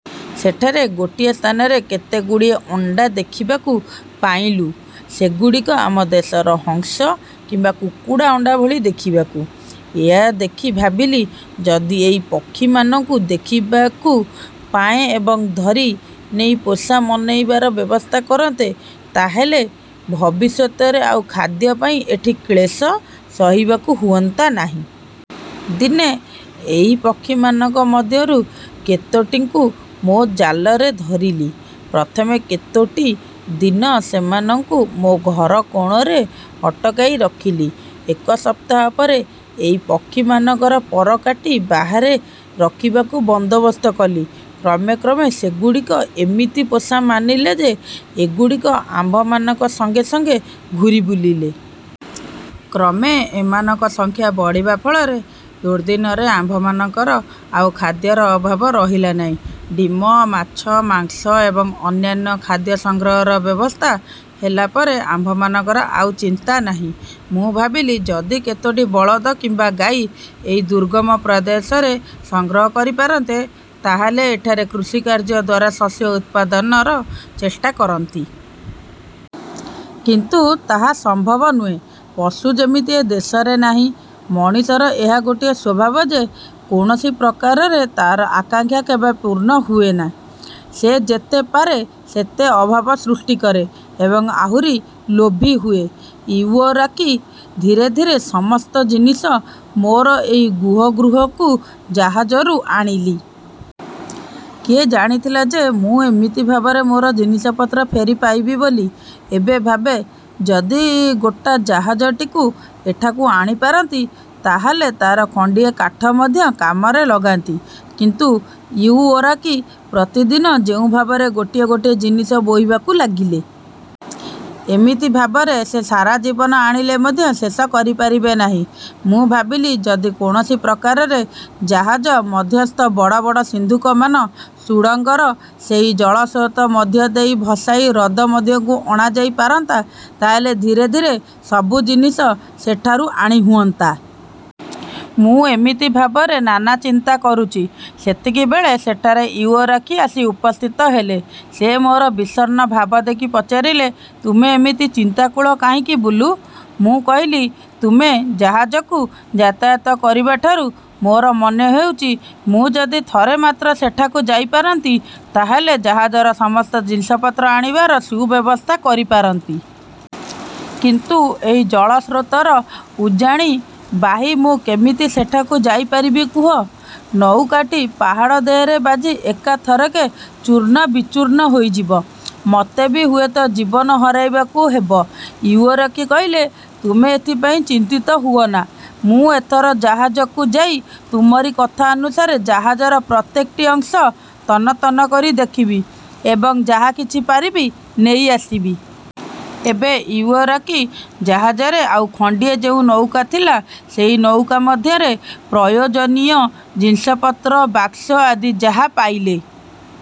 ସେଠାରେ ଗୋଟିଏ ସ୍ଥାନରେ କେତେଗୁଡ଼ିଏ ଅଣ୍ଡା ଦେଖିବାକୁ ପାଇଲୁଁ। ସେଗୁଡ଼ିକ ଆମ ଦେଶର ହଂସ କିମ୍ବା କୁକୁଡ଼ା ଅଣ୍ଡାଭଳି ଦେଖିବାକୁ। ଏହା ଦେଖି ଭାବିଲି, ଯଦି ଏଇ ପକ୍ଷୀମାନଙ୍କୁ ଦେଖିବାକୁ ପାଏଁ ଏବଂ ଧରି ନେଇ ପୋଷା ମନାଇବାର ବ୍ୟବସ୍ଥା କରନ୍ତି, ତାହାହେଲେ ଭବିଷ୍ୟତରେ ଆଉ ଖାଦ୍ୟପାଇଁ ଏଠି କ୍ଳେଶ ସହିବାକୁ ହୁଅନ୍ତା ନାହିଁ। ଦିନେ ସେହି ପକ୍ଷୀମାନଙ୍କ ମଧ୍ୟରୁ କେତୋଟିଙ୍କୁ ମୋ ଜାଲରେ ଧରିଲି। ପ୍ରଥମ କତୋଟି ଦିନ ସେମାନଙ୍କୁ ମୋ ଘର କୋଣରେ ଅଟକାଇ ରଖିଲି। ଏକ ସପ୍ତାହ ପରେ ଏଇ ପକ୍ଷୀମାନଙ୍କର ପର କାଟି ବାହାରେ ରଖିବାର ବନ୍ଦୋବସ୍ତ କଲି। କ୍ରମେ କ୍ରମେ ସେଗୁଡ଼ିକ ଏମିତି ପୋଷା ମାନିଲେ ଯେ, ଏଗୁଡ଼ିକ ଆମ୍ଭମାନଙ୍କ ସଙ୍ଗେ ସଙ୍ଗେ ଘୂରିବୁଲିଲେ। କ୍ରମେ ଏମାନଙ୍କ ସଂଖ୍ୟା ବଢ଼ିବା ଫଳରେ ଦୁର୍ଦ୍ଦିନରେ ଆମ୍ଭମାନଙ୍କର ଆଉ ଖାଦ୍ୟର ଭାବନା ରହିଲା ନାହିଁ। ଡିମ, ମାଛ, ମାଂସ ଏବଂ ଅନ୍ୟାନ୍ୟ ଖାଦ୍ୟ ସଂଗ୍ରହର ବ୍ୟବସ୍ଥା ହେଲା ପରେ ଆମ୍ଭମାନଙ୍କର ଆଉ ଚିନ୍ତା ନାହିଁ। ମୁଁ ଭାବିଲି, ଯଦି କେତୋଟି ବଳଦ କିମ୍ବା ଗାଈ ଏଇ ଦୁର୍ଗମ ପ୍ରଦେଶରେ ସଂଗ୍ରହ କରିପାରନ୍ତି ତାହାହେଲେ ଏଠାରେ କୃଷିକାର୍ଯ୍ୟଦ୍ୱାରା ଶସ୍ୟ ଉତ୍ପାଦନର ଚେଷ୍ଟା କରନ୍ତି। କିନ୍ତୁ। ତାହା ସମ୍ଭବ ନୁହେଁ, ପଶୁ ଯେମିତି ଏ ଦେଶରେ ନାହିଁ। ମଣିଷର ଏହା ଗୋଟିଏ ସ୍ୱଭାବ ଯେ, କୌଣସି ପ୍ରକାରରେ ତା'ର ଆକାଂକ୍ଷା କେବେ ପୂର୍ଣ୍ଣ ହୁଏନା। ସେ ଯେତେ ପାରେ ସେତେ ଅଭାବ ସୃଷ୍ଟି କରେ ଏବଂ ଆହୁରି ଲୋଭୀ ହୁଏ। ଇଉଓୟାରକି ଧୀରେ ଧୀରେ ସମସ୍ତ ଜିନିଷ ମୋର ଏଇ ଗୁହା ଗୃହକୁ ଜାହାଜରୁ ଆଣିଲେ। କିଏ ଜାଣିଥିଲା ଯେ ମୁଁ ଏମିତି ଭାବରେ ମୋର ଜିନିଷପତ୍ର ଫେରି ପାଇବି ବୋଲି। ଏବେ ଭାବେ, ଯଦି ଗୋଟା ଜାହାଜଟିକୁ ଏଠାକୁ ଆଣିପାରନ୍ତି, ତାହାହେଲେ ତା'ର ଖଣ୍ଡିଏ କାଠ ମଧ୍ୟ କାମରେ ଲଗାନ୍ତି-। କିନ୍ତୁ ଇଉଓୟାରକି ପ୍ରତିଦିନ ଯେଉଁ ଭାବରେ ଗୋଟିଏ ଗୋଟିଏ ଜିନିଷ ବୋହିବାକୁ ଲାଗିଲେ। ଏମିତି ଭାବରେ ସେ ସାରା ଜୀବନ ଆଣିଲେ ମଧ୍ୟ ଶେଷ କରିପାରିବେ ନାହିଁ। ମୁଁ ଭାବିଲି ଯଦି କୌଣସି ପ୍ରକାରରେ ଜାହାଜ ମଧ୍ୟସ୍ଥ ବଡ଼ ବଡ଼ ସିନ୍ଦୁକମାନ ସୁଡ଼ଙ୍ଗର ସେଇ ଜଳସ୍ରୋତ ମଧ୍ୟ ଦେଇ ଭସାଇ ହ୍ରଦ ମଧ୍ୟକୁ ଅଣାଯାଇ ପାରନ୍ତା, ତାହାହେଲେ ଧୀରେ ଧୀରେ ସବୁ ଜିନିଷ ସେଠାରୁ ଆଣି ହୁଅନ୍ତା। ମୁଁ ଏମିତି ଭାବରେ ନାନା ଚିନ୍ତା କରୁଛି, ସେତିକିବେଳେ ସେଠାରେ ଇଉଓୟାରକି ଆସି ଉପସ୍ଥିତ ହେଲେ। ସେ ମୋର ବିଷଣ୍ଣ ଭାବ ଦେଖି ପଚାରିଲେ, ''ତୁମେ ଏମିତି ଚିନ୍ତାକୁଳ କାହିଁକି ବୁଲୁ? '' ମୁଁ କହିଲି, ''ତୁମେ ଜାହାଜକୁ ଯାତାୟାତ କରିବାଠାରୁ ମୋର ମନେହେଉଛି, ମୁଁ ଯଦି ଥରେ ମାତ୍ର ସେଠାକୁ ଯାଇପାରନ୍ତି, ତାହାହେଲେ ଜାହାଜର ସମସ୍ତ ଜିନିଷପତ୍ର ଆଣିବାର ସୁବ୍ୟବସ୍ଥା କରିପାରନ୍ତି। କିନ୍ତୁ ଏହି ଜଳସ୍ରୋତର ଉଜାଣି ବାହି ମୁଁ କେମିତି ସେଠାକୁ ଯାଇପାରିବି କୁହ? ନୌକାଟି ପାହାଡ଼ ଦେହରେ ବାଜି ଏକାଥରକେ ଚୂର୍ଣ୍ଣ ବିଚୂର୍ଣ୍ଣ ହୋଇଯିବ। ମୋତେ ବି ହୁଏତ ଜୀବନ ହରାଇବାକୁ ହେବ। ଇଉଓୟାରକି କହିଲେ, ''ତୁମେ ଏଥିପାଇଁ ଚିନ୍ତିତ ହୁଅନା। ମୁଁ ଏଥର ଜାହାଜକୁ ଯାଇ ତୁମରି କଥାନୁସାରେ ଜାହାଜର ପ୍ରତ୍ୟେକଟି ଅଂଶ ତନ୍ନ ତନ୍ନ କରି ଦେଖିବି ଏବଂ ଯାହା କିଛି ପାରିବି ନେଇଆସିବି। ଏବେ ଇଉଓୟାରକି ଜାହାଜରେ ଆଉ ଖଣ୍ଡିଏ ଯେଉଁ ନୌକା ଥିଲା, ସେଇ ନୌକା ମଧ୍ୟରେ ପ୍ରୟୋଜନୀୟ ଜିନିଷପତ୍ର, ବାକ୍ସ ଆଦି ଯାହା ପାଇଲେ